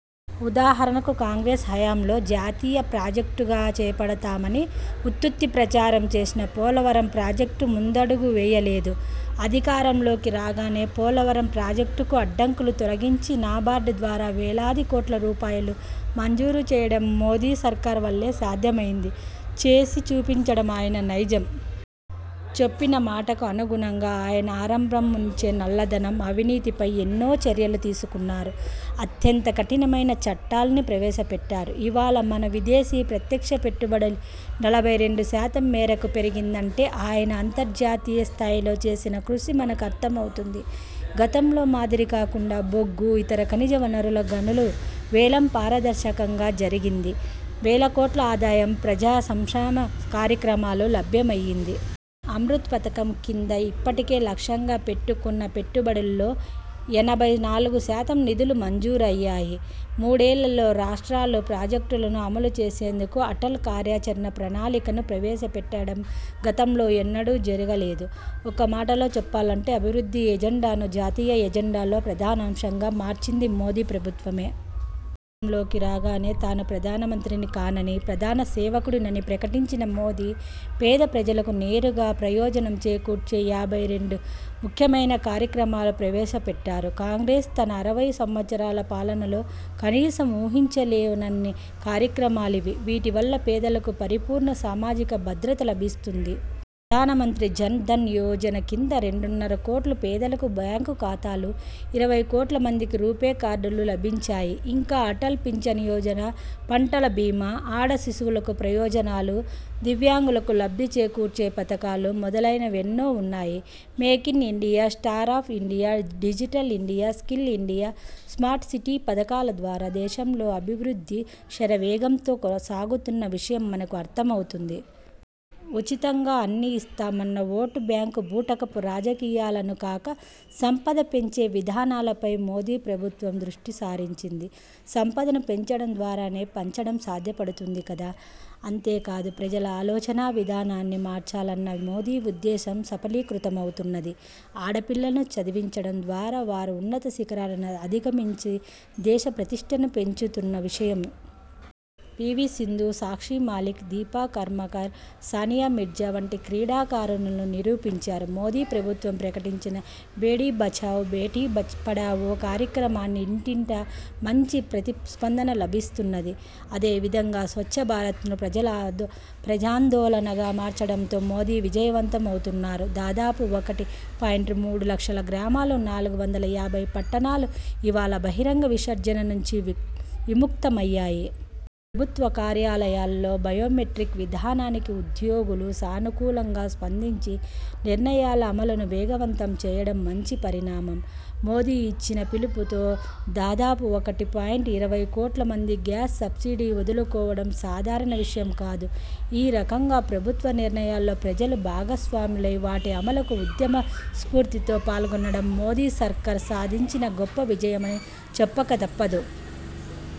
ఉదాహరణకు కాంగ్రెస్ హయాంలో జాతీయ ప్రాజెక్టుగా చేపడతామని ఉత్తుత్తి ప్రచారం చేసినా పోలవరం ప్రాజెక్టు ముందడుగు వేయలేదు. అధికారంలోకి రాగానే పోలవరం ప్రాజెక్టుకు అడ్డంకులు తొలగించి నాబార్డు ద్వారా వేలాదికోట్ల రూపాయలు మంజూరు చేయడం మోదీ సర్కార్ వల్లే సాధ్యమైంది. చేసి చూపించడం ఆయన నైజం. చెప్పిన మాటకు అనుగుణంగా ఆయన ఆరంభం నుంచి నల్లధనం, అవినీతిపై ఎన్నో చర్యలు తీసుకున్నారు. అత్యంత కఠినమైన చట్టాల్ని ప్రవేశపెట్టారు. ఇవాళ మన విదేశీ ప్రత్యక్ష పెట్టుబడి నలభై రెండుశాతం మేరకు పెరిగిందంటే ఆయన అంతర్జాతీయ స్థాయిలో చేసిన కృషి మనకు అర్థమవుతుంది. గతంలో మాదిరి కాకుండా బొగ్గు, ఇతర ఖనిజ వనరుల గనుల వేలం పారదర్శకంగా జరిగి వేలకోట్ల ఆదాయం ప్రజా సంక్షేమ కార్యక్రమాలకు లభ్యమయింది. అమృత్ పథకం క్రింద ఇప్పటికే లక్ష్యంగా పెట్టుకున్న పెట్టుబడుల్లో ఎనభై నాలుగు శాతం నిధులు మంజూరయ్యాయి. మూడేళ్లలో రాష్ట్రాలు ప్రాజెక్టులను అమలు చేసేందుకు అటల్ కార్యాచరణ ప్రణాళికను ప్రవేశపెట్టడం గతంలో ఎన్నడూ జరగలేదు. ఒక్క మాటలో చెప్పాలంటే అభివృద్ధి ఎజెండాను జాతీయ ఎజెండాలో ప్రధానాంశంగా మార్చింది మోదీ ప్రభుత్వమే. అధికారంలోకి రాగానే తాను ప్రధానమంత్రిని కానని, ప్రధాన సేవకుడినని ప్రకటించిన మోదీ పేద ప్రజలకు నేరుగా ప్రయోజనం చేకూర్చే యాభై రెండు ముఖ్యమైన కార్యక్రమాలు ప్రవేశపెట్టారు. కాంగ్రెస్ తన అరవై సంవత్సరాల పాలనలో కనీసం ఊహించలేనన్ని కార్యక్రమాలివి. వీటివల్ల పేదలకు పరిపూర్ణ సామాజిక భద్రత లభిస్తుంది. ప్రధానమంత్రి జన్ ధన్ యోజన క్రింద రెండున్నర కోట్ల పేదలకు బ్యాంకు ఖాతాలు, ఇరవై కోట్ల మందికి రూపే కార్డులు లభించాయి. ఇంకా అటల్ పింఛన్ యోజన, పంటల భీమా, ఆడ శిశువులకు ప్రయోజనాలు, దివ్యాంగులకు లబ్ధి చేకూర్చే పథకాలు మొదలైనవెన్నో ఉన్నాయి. Make in India, startup India, digital India, skill India, smart city పథకాల ద్వారా దేశంలో అభివృద్ధి శరవేగంతో సాగుతున్న విషయం మనకు అర్థమవుతున్నది. ఉచితంగా అన్నీ ఇస్తామన్న ఓటు బ్యాంకు బూటకపు రాజకీయాలను కాక సంపద పెంచే విధానాలపైనే మోదీ ప్రభుత్వం దృష్టి సారించింది. సంపదను పెంచడం ద్వారానే పంచడం సాధ్యపడుతుంది కదా! అంతేకాదు, ప్రజల ఆలోచనా విధానాన్ని మార్చాలన్న మోదీ ఉద్దేశం సఫలీకృతమవుతున్నది. ఆడపిల్లలను చదివించడం ద్వారా వారు ఉన్నత శిఖరాలను అధిగమించి దేశ ప్రతిష్టను పెంచుతున్న విషయం పి. వి. సింధు, సాక్షి మాలిక్, దీపా కర్మాకర్, సానియా మీర్జా వంటి క్రీడాకారిణులు నిరూపించారు. మోదీ ప్రభుత్వం ప్రకటించిన బేటీ బచావో, బేటీ పడావో కార్యక్రమానికి ఇంటింటా మంచి ప్రతిస్పందన లభిస్తున్నది. అదేవిధంగా స్వచ్చభారత్ను ప్రజాందోళనగా మార్చడంలో మోదీ విజయవంతమవుతున్నారు. దాదాపు ఒకటి పాయింట్ మూడు లక్షల గ్రామాలు, నాలుగు వందల ఎనభై పట్టణాలు ఇవాళ బహిరంగ విసర్జన నుంచి విముక్తమయ్యాయి. ప్రభుత్వ కార్యాలయాల్లో బయోమెట్రిక్స్ విధానానికి ఉద్యోగులు సానుకూలంగా స్పందించి నిర్ణయాల అమలును వేగవంతం చేయడం మంచి పరిణామం. మోదీ ఇచ్చిన పిలుపుతో దాదాపు ఒకటి పాయింట్ ఇరవై కోట్ల మంది గ్యాస్ సబ్సిడీని వదులుకోవడం సాధారణ విషయం కాదు. ఈ రకంగా ప్రభుత్వ నిర్ణయాల్లో ప్రజలు భాగస్వాములై వాటి అమలుకు ఉద్యమ స్ఫూర్తితో పాల్గొనడం మోదీసర్కార్ సాధించిన గొప్పవిజయం అని చెప్పక తప్పదు. ఒక